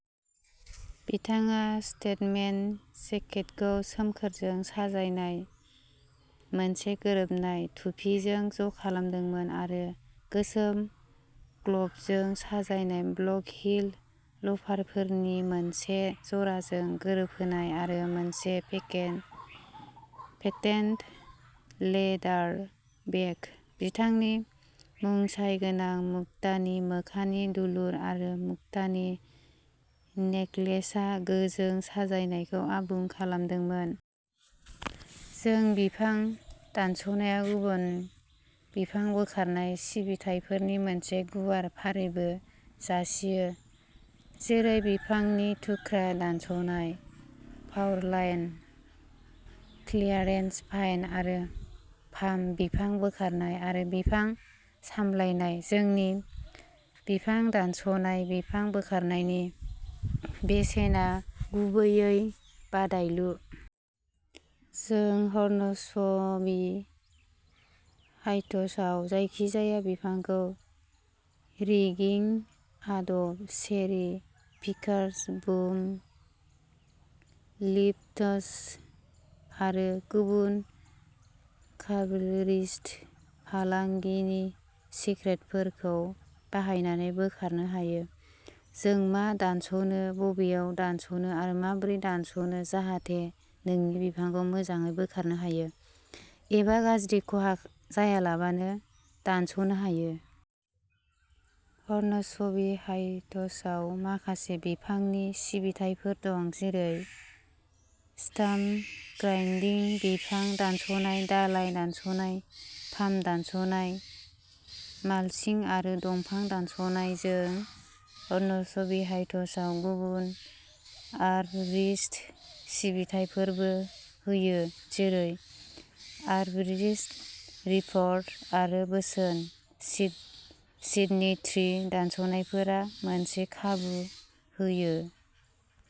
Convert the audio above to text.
बिथाङा स्टेटमेन्ट जेकेटखौ सोमखोरजों साजायनाय मोनसे गोरोबनाय टुपिजों ज'खालामदोंमोन, आरो गोसोम ग्ल'भजों साजायनाय, ब्लक-हिल ल'फारफोरनि मोनसे जराजों गोरोबहोनाय, आरो मोनसे पेटेन्ट लेदार बेग। बिथांनि मुंसाय गोनां मुक्तानि खोमानि दुलुर आरो मुक्तानि नेकलेसआ गोजों साजायनायखौ आबुं खालामदोंमोन। जों बिफां दानस'नायाव गुबुन बिफां बोखारनाय सिबिथाइफोरनि मोनसे गुवार फारिबो जासियो जेरै बिफांनि थुख्रा दानस'नाय, पावारलाइन क्लियारेन्स पाइन आरो पाम बिफां बोखारनाय आरो बिफां सामलायनाय। जोंनि बिफां दानस'नाय बिफां बोखारनायनि बेसेना गुबैयै बादायलु। जों हर्नस्बी हाइट्सआव जायखिजाया बिफांखौ रिगिं आदब, चेरि पिकार्स, बुम लिफ्ट्स आरो गुबुन आर्ब'रिस्ट फालांगिनि सिक्रेटफोरखौ बाहायनानै बोखारनो हायो। जों मा दानस'नो, बबेयाव दानस'नो, आरो माबोरै दानस'नो, जाहाथे नोंनि बिफांखौ मोजाङै बोखारनो हायो, एबा गाज्रि खहा जायालाबानो दानस'नो हायो। हर्नस्बी हाइट्सआव माखासे बिफांनि सिबिथाइफोर दं, जेरै स्टाम्प ग्राइन्डिं, बिफां दानस'नाय, दालाइ दानस'नाय, पाम दानस'नाय, माल्चिं आरो दंफां दानस'नाय। जों हर्नस्बी हाइट्सआव गुबुन आर्ब'रिस्ट सिबिथाइफोरबो होयो, जेरै आर्ब'रिस्ट रिपर्ट आरो बोसोन। सिडनी ट्री दानस'नायफोरा मोनसे खाबु होयो।